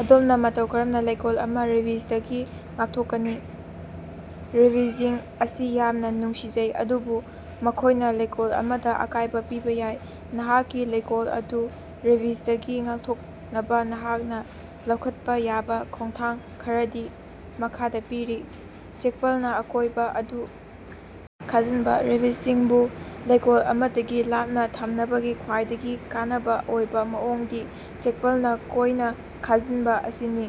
ꯑꯗꯣꯝꯅꯥ ꯃꯇꯧ ꯀꯔꯝꯅꯥ ꯂꯩꯀꯣꯜ ꯑꯃꯥ ꯔꯦꯕꯤꯖꯗꯒꯤ ꯉꯥꯛꯊꯣꯛꯀꯅꯤ? ꯔꯦꯕꯤꯖꯁꯤꯡ ꯑꯁꯤ ꯌꯥꯝꯅꯥ ꯅꯨꯡꯁꯤꯖꯩ ꯑꯗꯨꯕꯨ ꯃꯈꯣꯢꯅ ꯂꯩꯀꯣꯜ ꯑꯃꯗ ꯑꯀꯥꯢꯕꯥ ꯄꯤꯕꯥ ꯌꯥꯏ꯫ ꯅꯍꯥꯛꯀꯤ ꯂꯣꯀꯦꯜ ꯑꯗꯨ ꯔꯦꯕꯤꯖꯗꯒꯤ ꯉꯥꯛꯊꯣꯛꯅꯕꯥ ꯅꯍꯥꯛꯅꯥ ꯂꯧꯈꯠꯄꯥ ꯌꯥꯕꯥ ꯈꯣꯡꯊꯥꯡ ꯈꯔꯗꯤ ꯃꯈꯥꯗꯥ ꯄꯤꯔꯤ: ꯆꯦꯛꯄꯜꯅ ꯑꯀꯣꯏꯕ ꯑꯗꯨ ꯈꯥꯖꯥꯟꯕ: ꯔꯦꯕꯤꯖꯁꯤꯡꯕꯨ ꯂꯣꯀꯦꯜ ꯑꯃꯗꯒꯤ ꯂꯥꯞꯅꯥ ꯊꯝꯅꯕꯒꯤ ꯈ꯭ꯋꯥꯏꯗꯒꯤ ꯀꯥꯟꯅꯕ ꯑꯣꯏꯕ ꯃꯑꯣꯡꯗꯤ ꯆꯦꯛꯄꯜꯅ ꯀꯣꯏꯅ ꯈꯥꯖꯤꯟꯕ ꯑꯁꯤꯅꯤ꯫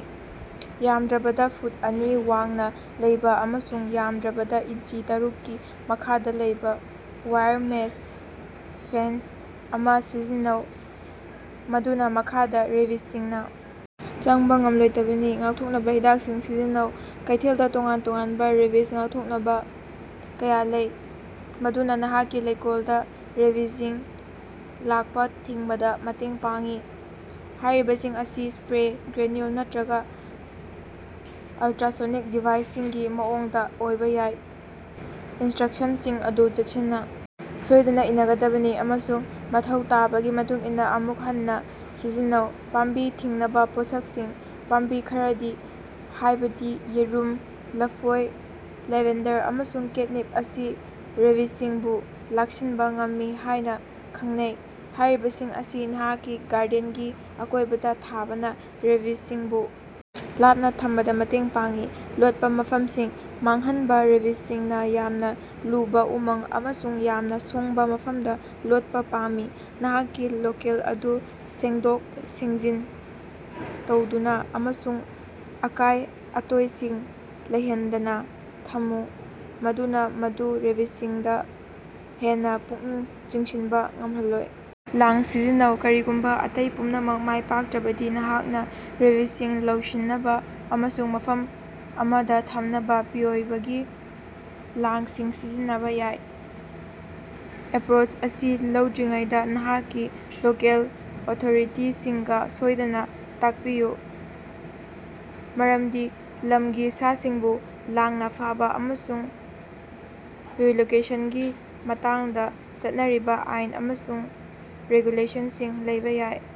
ꯌꯥꯝꯗ꯭ꯔꯕꯗꯥ ꯐꯨꯠ ꯑꯅꯤ ꯋꯥꯡꯅꯥ ꯂꯩꯕꯥ ꯑꯃꯁꯨꯡ ꯌꯥꯃꯗ꯭ꯔꯕꯗꯥ ꯏꯟꯆꯤ ꯇꯔꯨꯛꯀꯤ ꯃꯈꯥꯗ ꯂꯩꯕ ꯋꯥꯏꯔ ꯃꯦꯁ ꯐꯦꯟꯁ ꯑꯃꯥ ꯁꯤꯖꯤꯟꯅꯧ ꯃꯗꯨꯅꯥ ꯃꯈꯥꯗ ꯔꯦꯕꯤꯖꯁꯤꯡꯅꯥ ꯆꯪꯕ ꯉꯝꯂꯣꯏꯗꯕꯅꯤ꯫ ꯉꯥꯛꯊꯣꯛꯅꯕ ꯍꯤꯗꯥꯛꯁꯤꯡ ꯁꯤꯖꯤꯟꯅꯧ: ꯀꯩꯊꯦꯜꯗꯥ ꯇꯣꯉꯥꯟ-ꯇꯣꯉꯥꯟꯕ ꯔꯦꯕꯤꯖ ꯉꯥꯛꯊꯣꯛꯅꯕ ꯀꯌꯥ ꯂꯩ ꯃꯗꯨꯅꯥ ꯅꯍꯥꯛꯀꯤ ꯂꯣꯀꯦꯜ ꯗ ꯔꯦꯕꯤꯖꯁꯤꯡ ꯂꯥꯛꯄ ꯊꯤꯡꯕꯗ ꯃꯇꯦꯡ ꯄꯥꯡꯏ꯫ ꯍꯥꯢꯔꯤꯕꯁꯤꯡ ꯑꯁꯤ ꯁꯄ꯭ꯔꯦ, ꯒ꯭ꯔꯦꯅꯨꯜ ꯅꯠꯇ꯭ꯔꯒ ꯑꯂꯇ꯭ꯔꯥꯁꯣꯅꯤꯛ ꯗꯤꯚꯥꯏꯁꯁꯤꯡꯒꯤ ꯃꯑꯣꯡꯗ ꯑꯣꯏꯕꯥ ꯌꯥꯏ꯫ ꯏꯟꯁꯇ꯭ꯔꯛꯁꯟꯁꯤꯡ ꯑꯗꯨ ꯆꯦꯛꯁꯤꯟꯅ ꯁꯣꯢꯗꯅ ꯏꯅꯒꯗꯕꯅꯤ ꯑꯃꯁꯨꯡ ꯃꯊꯧ ꯇꯥꯕꯒꯤ ꯃꯇꯨꯡꯏꯟꯅꯥ ꯑꯃꯨꯛ ꯍꯟꯅꯥ ꯁꯤꯖꯤꯟꯅꯧ꯫ ꯄꯥꯝꯕꯤ ꯊꯤꯡꯅꯕ ꯄꯣꯠꯁꯛꯁꯤꯡ: ꯄꯥꯝꯕꯤ ꯈꯔꯗꯤ ꯍꯥꯢꯕꯗꯤ ꯌꯦꯔꯨꯝ, ꯂꯐꯣꯏ, ꯂꯦꯚꯦꯟꯗꯔ ꯑꯃꯁꯨꯡ ꯀꯦꯠꯅꯤꯞ ꯑꯁꯤ ꯔꯦꯕꯤꯖꯁꯤꯡꯕꯨ ꯂꯥꯛꯁꯤꯟꯕ ꯉꯝꯃꯤ ꯍꯥꯢꯅ ꯈꯪꯅꯩ꯫ ꯍꯥꯢꯔꯤꯕꯁꯤꯡ ꯑꯁꯤ ꯅꯍꯥꯛꯀꯤ ꯒꯥꯔꯗꯦꯟꯒꯤ ꯑꯀꯣꯢꯕꯗ ꯊꯥꯕꯅ ꯔꯦꯕꯤꯖꯁꯤꯡꯕꯨ ꯂꯥꯞꯅ ꯊꯝꯕꯗꯥ ꯃꯇꯦꯡ ꯄꯥꯡꯏ꯫ ꯂꯣꯠꯄꯥ ꯃꯐꯝꯁꯤꯡ ꯃꯥꯡꯍꯟꯕ: ꯔꯦꯕꯤꯖꯁꯤꯡꯅ ꯌꯥꯝꯅ ꯂꯨꯕꯥ ꯎꯃꯪ ꯑꯃꯁꯨꯡ ꯌꯥꯝꯅ ꯁꯣꯡꯕ ꯃꯐꯝꯗ ꯂꯣꯠꯄꯥ ꯄꯥꯝꯃꯤ꯫ ꯅꯍꯥꯛꯀꯤ ꯂꯣꯀꯦꯜ ꯑꯗꯨ ꯁꯦꯡꯗꯣꯛ-ꯁꯦꯡꯖꯤꯟ ꯇꯧꯗꯨꯅ ꯑꯃꯁꯨꯡ ꯑꯀꯥꯢ-ꯑꯇꯣꯢꯁꯤꯡ ꯂꯩꯍꯟꯗꯅ ꯊꯝꯃꯨ ꯃꯗꯨꯅ ꯃꯗꯨ ꯔꯦꯕꯤꯖꯁꯤꯡꯗ ꯍꯦꯟꯅ ꯄꯨꯛꯅꯤꯡ ꯆꯤꯡꯁꯤꯟꯕ ꯉꯝꯍꯜꯂꯣꯏ꯫ ꯂꯥꯡ ꯁꯤꯖꯤꯟꯅꯧ: ꯀꯔꯤꯒꯨꯝꯕꯥ ꯑꯇꯩ ꯄꯨꯝꯅꯃꯛ ꯃꯥꯢꯄꯥꯛꯇ꯭ꯔꯕꯗꯤ ꯅꯍꯥꯛꯅ ꯔꯦꯕꯤꯖꯁꯤꯡ ꯂꯧꯁꯤꯟꯅꯕ ꯑꯃꯁꯨꯡ ꯃꯐꯝ ꯑꯃꯗ ꯊꯝꯅꯕ ꯄꯤꯑꯣꯏꯕꯒꯤ ꯂꯥꯡꯁꯤꯡ ꯁꯤꯖꯤꯟꯅꯕꯥ ꯌꯥꯏ꯫ ꯑꯦꯄ꯭ꯔꯣꯆ ꯑꯁꯤ ꯂꯧꯗ꯭ꯔꯤꯉꯩꯗꯥ ꯅꯍꯥꯛꯀꯤ ꯂꯣꯀꯦꯜ ꯑꯣꯊꯣꯔꯤꯇꯤꯁꯤꯡꯒ ꯁꯣꯢꯗꯅꯥ ꯇꯥꯛꯄꯤꯌꯨ ꯃꯔꯝꯗꯤ ꯂꯝꯒꯤ ꯁꯥꯁꯤꯡꯕꯨ ꯂꯥꯡꯅ ꯐꯥꯕ ꯑꯃꯁꯨꯡ ꯔꯤꯂꯣꯀꯦꯁꯟꯒꯤ ꯃꯇꯥꯡꯗ ꯆꯠꯅꯔꯤꯕꯥ ꯑꯥꯏꯟ ꯑꯃꯁꯨꯡ ꯔꯦꯒꯨꯂꯦꯁꯟꯁꯤꯡ ꯂꯩꯕꯥ ꯌꯥꯏ꯫